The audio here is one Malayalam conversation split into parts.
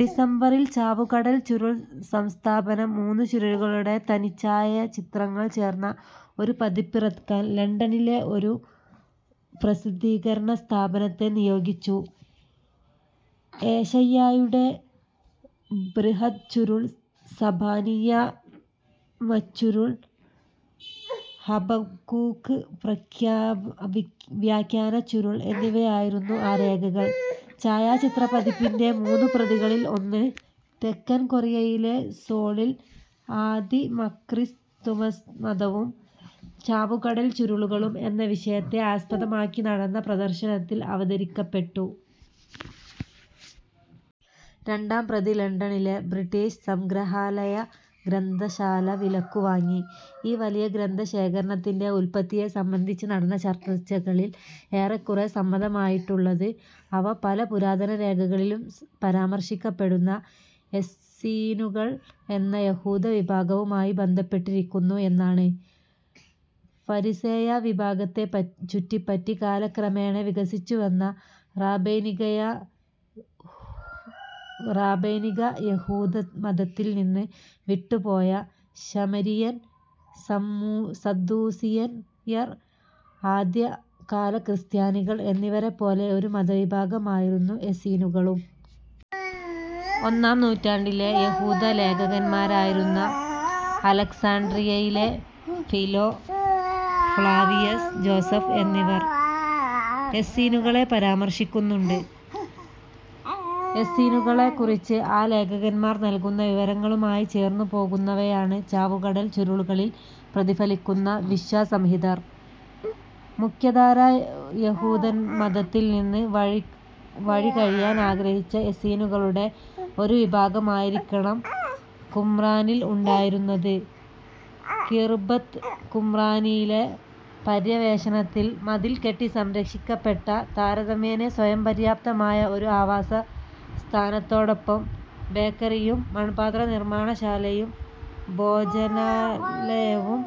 ഡിസംബറിൽ ചാവുകടൽ ചുരുൾ സംസ്ഥാപനം മൂന്നുചുരുളുകളുടെ തനിച്ഛായാചിത്രങ്ങൾ ചേർന്ന ഒരു പതിപ്പിറക്കാൻ ലണ്ടണിലെ ഒരു പ്രസിദ്ധീകരണസ്ഥാപനത്തെ നിയോഗിച്ചു. ഏശയ്യായുടെ ബൃഹദ്ചുരുൾ, സഭാനിയമച്ചുരുൾ, ഹബക്കൂക്ക് വ്യാഖ്യാനച്ചുരുൾ എന്നിവയായിരുന്നു ആ രേഖകൾ. ഛായാചിത്രപ്പതിപ്പിന്റെ മൂന്നുപ്രതികളിൽ ഒന്ന് തെക്കൻ കൊറിയയിലെ സോളിൽ "ആദിമക്രിസ്തുമതവും ചാവുകടൽ ചുരുളുകളും" എന്ന വിഷയത്തെ ആസ്പദമാക്കി നടന്ന പ്രദർശനത്തിൽ അവതരിപ്പിക്കപ്പെട്ടു. രണ്ടാം പ്രതി ലണ്ടണിലെ ബ്രിട്ടീഷ് സംഗ്രഹാലയഗ്രന്ഥശാല വിലക്കുവാങ്ങി. ഈ വലിയ ഗ്രന്ഥശേഖരത്തിന്റെ ഉല്പത്തിയെ സംബന്ധിച്ച് നടന്ന ചർച്ചകളിൽ ഏറെക്കുറെ സമ്മതമായിട്ടുള്ളത് അവ, പല പുരാതനരേഖകളിലും പരാമർശിക്കപ്പെടുന്ന എസ്സീനുകൾ എന്ന യഹൂദവിഭാവുമായി ബന്ധപ്പെട്ടിരിക്കുന്നു എന്നാണ്. ഫരിസേയവിഭാഗത്തെ ചുറ്റിപ്പറ്റി കാലക്രമേണ വികസിച്ചുവന്ന റാബൈനികയഹൂദമതത്തിൽ നിന്ന് വിട്ടുപോയ ശമരിയർ, സദ്ദൂസിയർ, ആദ്യകാല ക്രിസ്ത്യാനികൾ എന്നിവരെപ്പോലെ ഒരു വിമതവിഭാഗമായിരുന്നു എസീനുകളും. ഒന്നാം നൂറ്റാണ്ടിലെ യഹൂദലേഖകന്മാരായിരുന്ന അലക്സാണ്ഡ്രിയയിലെ ഫിലോ, ഫ്ലാവിയസ് ജോസഫ് എന്നിവർ എസ്സീനുകളെ പരാമർശിക്കുന്നുണ്ട്. എസ്സീനുകളെക്കുറിച്ച് ആ ലേഖകന്മാർ നൽകുന്ന വിവരങ്ങളുമായി ചേർന്നു പോകുന്നവയാണ് ചാവുകടൽ ചുരുളുകളിൽ പ്രതിഫലിക്കുന്ന വിശ്വാസസംഹിതകൾ. മുഖ്യധാരായഹൂദമതത്തിൽ നിന്ന് മാറിക്കഴിയാൻ ആഗ്രഹിച്ച എസ്സീനുകളുടെ ഒരു വിഭാഗമായിരിക്കണം കുമ്രാനിൽ ഉണ്ടായിരുന്നത്. ഖിർബത് കുമ്രാനിലെ പര്യവേഷണത്തിൽ, മതിൽ കെട്ടി സംരക്ഷിക്കപ്പെട്ട താരതമ്യേന സ്വയംപര്യാപ്തമായ ഒരു ആവാസസ്ഥാനത്തോടൊപ്പം ബേക്കറിയും, മൺപാത്രനിർമ്മാണശാലയും, ഭോജനാലയവും,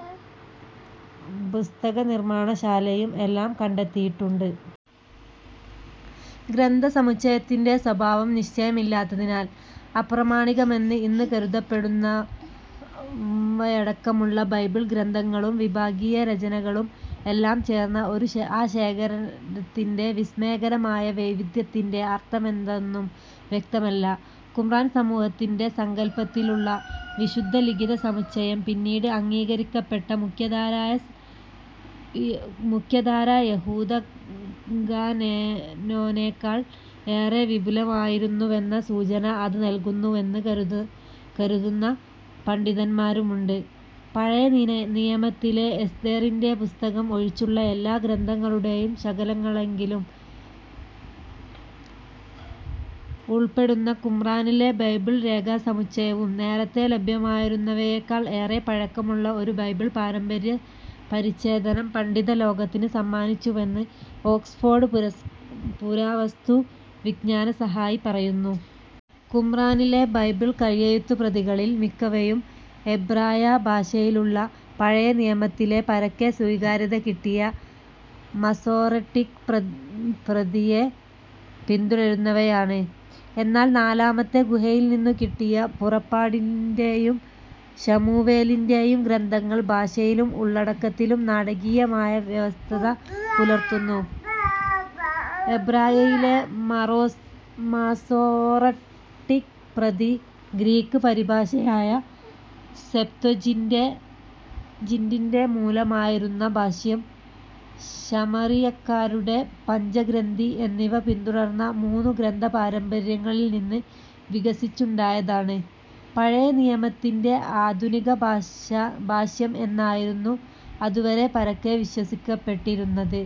പുസ്തകനിർമ്മാണശാലയും എല്ലാം കണ്ടെത്തിയിട്ടുണ്ട്. ഗ്രന്ഥസമുച്ചയത്തിന്റെ സ്വഭാവം നിശ്ചയമില്ലാത്തതിനാൽ, അപ്രമാണികമെന്ന് ഇന്ന് കരുതപ്പെടുന്നവയടക്കമുള്ള ബൈബിൾ ഗ്രന്ഥങ്ങളും വിഭാഗീയരചനകളും എല്ലാം ചേർന്ന ആ ശേഖരത്തിന്റെ വിസ്മയകരമായ വൈവിദ്ധ്യത്തിന്റെ അർത്ഥമെന്തെന്നും വ്യക്തമല്ല. കുമ്രാൻ സമൂഹത്തിന്റെ സങ്കല്പത്തിലുള്ള വിശുദ്ധലിഖിതസമുച്ചയം പിന്നീട് അംഗീകരിക്കപ്പെട്ട മുഖ്യധാരായഹൂദകാനോനേക്കാൾ ഏറെ വിപുലമായിരുന്നുവെന്ന സൂചന അത് നൽകുന്നുവെന്ന് കരുതുന്ന പണ്ഡിതന്മാരുണ്ട്. പഴയനിയമത്തിലെ എസ്തേറിന്റെ പുസ്തകം ഒഴിച്ചുള്ള എല്ലാ ഗ്രന്ഥങ്ങളുടേയും ശകലങ്ങളെങ്കിലും ഉൾപ്പെടുന്ന കുമ്രാനിലെ ബൈബിൾ രേഖാസമുച്ചയവും, നേരത്തെ ലഭ്യമായിരുന്നവയെക്കാൾ ഏറെ പഴക്കമുള്ള ഒരു ബൈബിൾ പാരമ്പര്യപരിച്ഛേദം പണ്ഡിതലോകത്തിന് സമ്മാനിച്ചുവെന്ന് ഓക്സ്ഫോർഡ് പുരാവസ്തുവിജ്ഞാനസഹായി പറയുന്നു. കുമ്രാനിലെ ബൈബിൾ കൈയെഴുത്തുപ്രതികളിൽ മിക്കവയും എബ്രായ ഭാഷയിലുള്ള, പഴയനിയമത്തിന്റെ പരക്കെ സ്വീകാര്യതകിട്ടിയ മസോറെട്ടിക്ക് പ്രതിയെ പിന്തുടരുന്നവയാണ്. എന്നാൽ നാലാമത്തെ ഗുഹയിൽ നിന്നുകിട്ടിയ പുറപ്പാടിന്റേയും ശമൂവേലിന്റേയും ഗ്രന്ഥങ്ങൾ ഭാഷയിലും ഉള്ളടക്കത്തിലും നാടകീയമായ വ്യത്യസ്തത പുലർത്തുന്നു. എബ്രായയിലെ മസോറട്ടിക്ക് പ്രതി, ഗ്രീക്ക് പരിഭാഷയായ സെപ്ത്വജിന്റിന്റെ മൂലമായിരുന്ന ഭാഷ്യം, ശമറിയാക്കാരുടെ പഞ്ചഗ്രന്ഥി എന്നിവ പിന്തുടർന്ന മൂന്നു ഗ്രന്ഥപാരമ്പര്യങ്ങളിൽ നിന്ന് വികസിച്ചുണ്ടായതാണ് പഴയനിയമത്തിന്റെ ആധുനികഭാഷ്യം എന്നായിരുന്നു അതുവരെ പരക്കെ വിശ്വസിക്കപ്പെട്ടിരുന്നത്.